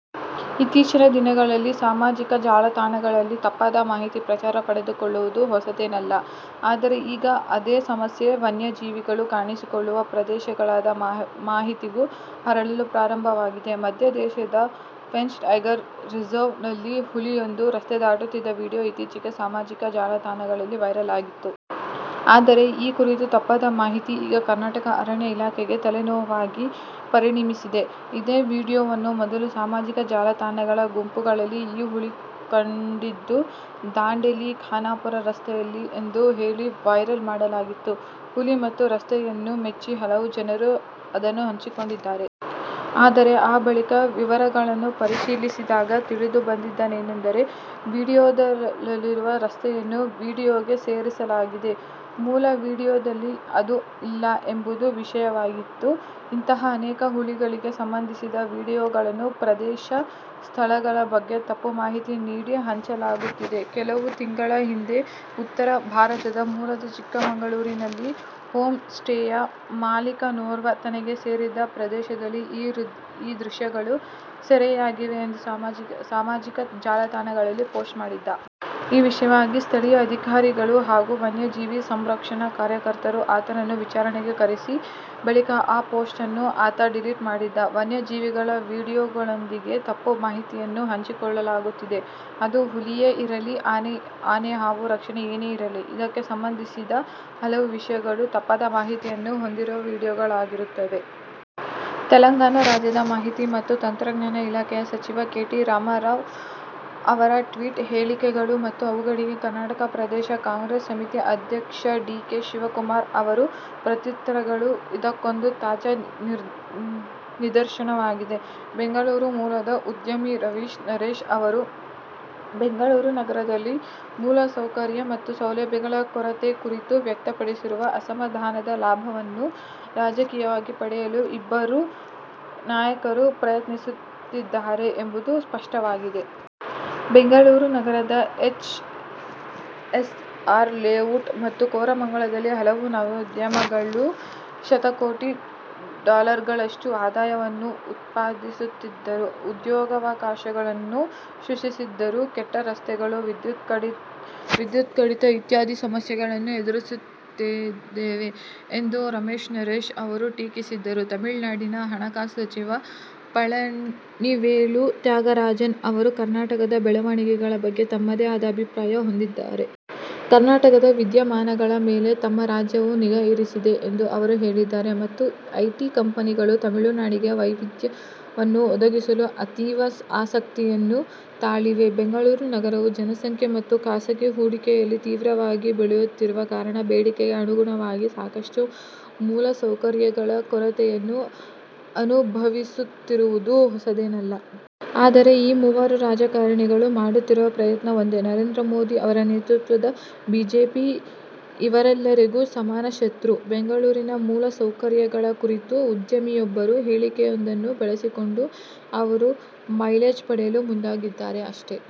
ಇತ್ತೀಚಿನ ದಿನಗಳಲ್ಲಿ ಸಾಮಾಜಿಕ ಜಾಲತಾಣಗಳಲ್ಲಿ ತಪ್ಪಾದ ಮಾಹಿತಿ ಪ್ರಚಾರ ಪಡೆದುಕೊಳ್ಳುವುದು ಹೊಸತೇನು ಅಲ್ಲ. ಆದರೆ ಈಗ ಅದೇ ಸಮಸ್ಯೆ ವನ್ಯಜೀವಿಗಳು ಕಾಣಿಸಿಕೊಳ್ಳುವ ಪ್ರದೇಶಗಳದ ಮಾಹಿತಿಗೂ ಹರಡಲು ಪ್ರಾರಂಭವಾಗಿದೆ. ಮಧ್ಯಪ್ರದೇಶದ ಪೆಂಚ್ ಟೈಗರ್ ರಿಸರ್ವ್ ನಲ್ಲಿ ಹುಲಿಯೊಂದು ರಸ್ತೆ ದಾಟುತ್ತಿದ್ದ ವಿಡಿಯೋ ಇತ್ತೀಚೆಗೆ ಸಾಮಾಜಿಕ ಜಾಲತಾಣಗಳಲ್ಲಿ ವೈರಲ್ ಆಗಿತ್ತು. ಆದರೆ ಈ ಕುರಿತ ತಪ್ಪಾದ ಮಾಹಿತಿ ಈಗ ಕರ್ನಾಟಕ ಅರಣ್ಯ ಇಲಾಖೆಗೆ ತಲೆನೋವಾಗಿ ಪರಿಣಮಿಸಿದೆ. ಇದೇ ವಿಡಿಯೋವನ್ನು ಮೊದಲು ಸಾಮಜಿಕ ಜಾಲತಾಣಗಳ ಗುಂಪುಗಳಲ್ಲಿ ಈ ಹುಲಿ ಕಂಡಿದ್ದು ದಾಂಡೆಲಿ-ಖಾನಾಪುರ ರಸ್ತೆಯಲ್ಲಿ ಎಂದು ಹೇಳಿ ವೈರಲ್ ಮಾಡಲಾಗಿತ್ತು. ಹುಲಿ ಮತ್ತು ರಸ್ತೆಯನ್ನು ಮೆಚ್ಚಿ ಹಲವು ಜನರು ಅದನ್ನು ಹಂಚಿಕೊಂಡಿದ್ದರು. ಆದರೆ ಆ ಬಳಿಕ ವಿವರಗಳನ್ನು ಪರಿಶೀಲಿಸಿದಾಗ ತಿಳಿದುಬಂದಿದ್ದೇನೆಂದರೆ ವಿಡಿಯೋದಲ್ಲಿರುವ ರಸ್ತೆಯನ್ನು ವಿಡಿಯೋಗೆ ಸೇರಿಸಲಾಗಿದೆ. ಮೂಲ ವಿಡಿಯೋದಲ್ಲಿ ಅದು ಇಲ್ಲ ಎಂಬುದು ವಿಷಯವಾಗಿತ್ತು. ಇಂಥಹ ಅನೇಕ ಹುಲಿಗಳಿಗೆ ಸಂಬಂಧಿಸಿದ ವಿಡಿಯೋಗಳನ್ನು ಪ್ರದೇಶ, ಸ್ಥಗಳ ಬಗ್ಗೆ ತಪ್ಪು ಮಾಹಿತಿ ನೀಡಿ ಹಂಚಲಾಗುತ್ತಿದೆ. ಕೆಲವು ತಿಂಗಳ ಹಿಂದೆ ಉತ್ತರ ಭಾರತದ ಮೂಲದ ಚಿಕ್ಕಮಗಳೂರಿನಲ್ಲಿ ಹೋಮ್ ಸ್ಟೇಯ ಮಾಲಿಕನೋರ್ವ ತನಗೆ ಸೇರಿದ ಪ್ರದೇಶದಲ್ಲಿ ಈ ದೃಶ್ಯಗಳು ಸೆರೆಯಾಗಿವೆ ಎಂದು ಸಾಮಾಜಿಕ ಜಾಲತಾಣಗಳಲ್ಲಿ ಪೋಸ್ಟ್ ಮಾಡಿದ್ದ. ಈ ವಿಷಯವಾಗಿ ಸ್ಥಳೀಯ ಅಧಿಕಾರಿಗಳು ಹಾಗೂ ವನ್ಯಜೀವಿ ಸಂರಕ್ಷಣಾ ಕಾರ್ಯಕರ್ತರು ಆತನನ್ನು ವಿಚಾರಣೆಗೆ ಕರೆಸಿದ ಬಳಿಕ ಆ ಪೋಸ್ಟ್ ನ್ನು ಆತ ಡಿಲೀಟ್ ಮಾಡಿದ್ದ. ವನ್ಯಜೀವಿಗಳ ವಿಡಿಯೋಗಳೊಂದಿಗೆ ತಪ್ಪು ಮಾಹಿತಿಯನ್ನು ಹಂಚಿಕೊಳ್ಳಲಾಗುತ್ತಿದೆ. ಅದು ಹುಲಿಯೇ ಇರಲಿ, ಆನೆ, ಹಾವು ರಕ್ಷಣೆ ಏನೇ ಇರಲಿ. ಇದಕ್ಕೆ ಸಂಬಂಧಿಸಿದ ಹಲವು ವಿಷಯಗಳು ತಪ್ಪಾದ ಮಾಹಿತಿಯನ್ನು ಹೊಂದಿರುವ ವಿಡಿಯೋಗಳಾಗಿರುತ್ತವೆ. ತೆಲಂಗಾಣ ರಾಜ್ಯದ ಮಾಹಿತಿ ಮತ್ತು ತಂತ್ರಜ್ಞಾನ ಇಲಾಖೆಯ ಸಚಿವ ಕೆ. ಟಿ. ರಾಮರಾವ್ ಅವರ ಟ್ವೀಟ್ ಹೇಳಿಕೆಗಳು ಮತ್ತು ಅವುಗಳಿಗೆ ಕರ್ನಾಟಕ ಪ್ರದೇಶ ಕಾಂಗ್ರೆಸ್ ಸಮಿತಿ ಅಧ್ಯಕ್ಷ ಡಿ. ಕೆ. ಶಿವಕುಮಾರ್ ಅವರ ಪ್ರತ್ಯುತ್ತರಗಳು ಇದಕ್ಕೊಂದು ತಾಜಾ ನಿದರ್ಶನವಾಗಿದೆ. ಬೆಂಗಳೂರು ಮೂಲದ ಉದ್ಯಮಿ ರವೀಶ್ ನರೇಶ್ ಅವರು ಬೆಂಗಳೂರು ನಗರದಲ್ಲಿ ಮೂಲಸೌಕರ್ಯ ಮತ್ತು ಸೌಲಭ್ಯಗಳ ಕೊರತೆಯ ಕುರಿತು ವ್ಯಕ್ತಪಡಿಸಿರುವ ಅಸಮಾಧಾನದ ಲಾಭವನ್ನು ರಾಜಕೀಯವಾಗಿ ಪಡೆಯಲು ಇಬ್ಬರೂ ನಾಯಕರು ಪ್ರಯತ್ನಿಸುತ್ತಿದ್ದಾರೆ ಎಂಬುದು ಸ್ಪಷ್ಟವಾಗಿದೆ. ಬೆಂಗಳೂರು ನಗರದ ಎಚ್ಎಸ್ಆರ್ ಲೇಔಟ್ ಮತ್ತು ಕೋರಮಂಗಲದಲ್ಲಿ ಹಲವು ನವೋದ್ಯಮ ಗಳು ಶತಕೋಟಿ ಡಾಲರ್ಗಳಷ್ಟು ಆದಾಯವನ್ನು ಉತ್ಪಾದಿಸುತ್ತಿದ್ದರೂ, ಉದ್ಯೋಗಾವಕಾಶಗಳನ್ನು ಸೃಷ್ಟಿಸಿದ್ದರೂ ಕೆಟ್ಟ ರಸ್ತೆಗಳು, ವಿದ್ಯುತ್ ಕಡಿತ ಇತ್ಯಾದಿ ಸಮಸ್ಯೆಗಳನ್ನು ಎದುರಿಸುತ್ತಿವೆ ಎಂದು ರವೀಶ್ ನರೇಶ್ ಅವರು ಟೀಕಿಸಿದ್ದರು. ತಮಿಳುನಾಡಿನ ಹಣಕಾಸು ಸಚಿವ ಪಳನಿವೇಲು ತ್ಯಾಗರಾಜನ್ ಅವರೂ ಕರ್ನಾಟಕದ ಬೆಳವಣಿಗೆಗಳ ಬಗ್ಗೆ ತಮ್ಮದೇ ಆದ ಅಭಿಪ್ರಾಯ ಹೊಂದಿದ್ದಾರೆ. ಕರ್ನಾಟಕದ ವಿದ್ಯಮಾನಗಳ ಮೇಲೆ ತಮ್ಮ ರಾಜ್ಯವು ನಿಗಾ ಇರಿಸಿದೆ ಎಂದು ಅವರು ಹೇಳಿದ್ದಾರೆ. ಮತ್ತು, ಐಟಿ ಕಂಪನಿಗಳು ತಮಿಳುನಾಡಿಗೆ ವೈವಿಧ್ಯವನ್ನು ಒದಗಿಸಲು ಅತೀವ ಆಸಕ್ತಿಯನ್ನು ತಾಳಿವೆ. ಬೆಂಗಳೂರು ನಗರವು ಜನಸಂಖ್ಯೆ ಮತ್ತು ಖಾಸಗಿ ಹೂಡಿಕೆಯಲ್ಲಿ ತೀವ್ರವಾಗಿ ಬೆಳೆಯುತ್ತಿರುವ ಕಾರಣ, ಬೇಡಿಕೆಗೆ ಅನುಗುಣವಾಗಿ ಸಾಕಷ್ಟು ಮೂಲಸೌಕರ್ಯಗಳ ಕೊರತೆಯನ್ನು ಅನುಭವಿಸುತ್ತಿರುವುದು ಹೊಸದೇನಲ್ಲ. ಆದರೆ ಈ ಮೂವರು ರಾಜಕಾರಣಿಗಳು ಮಾಡುತ್ತಿರುವ ಪ್ರಯತ್ನ ಒಂದೇ: ನರೇಂದ್ರ ಮೋದಿ ಅವರ ನೇತೃತ್ವದ ಬಿಜೆಪಿ ಇವರೆಲ್ಲರಿಗೂ ಸಮಾನ ಶತ್ರು. ಬೆಂಗಳೂರಿನ ಮೂಲಸೌಕರ್ಯಗಳ ಕುರಿತು ಉದ್ಯಮಿಯೊಬ್ಬರ ಹೇಳಿಕೆಯೊಂದನ್ನು ಬಳಸಿಕೊಂಡು ಅವರು ಮೈಲೇಜ್ ಪಡೆಯಲು ಮುಂದಾಗಿದ್ದಾರೆ, ಅಷ್ಟೇ.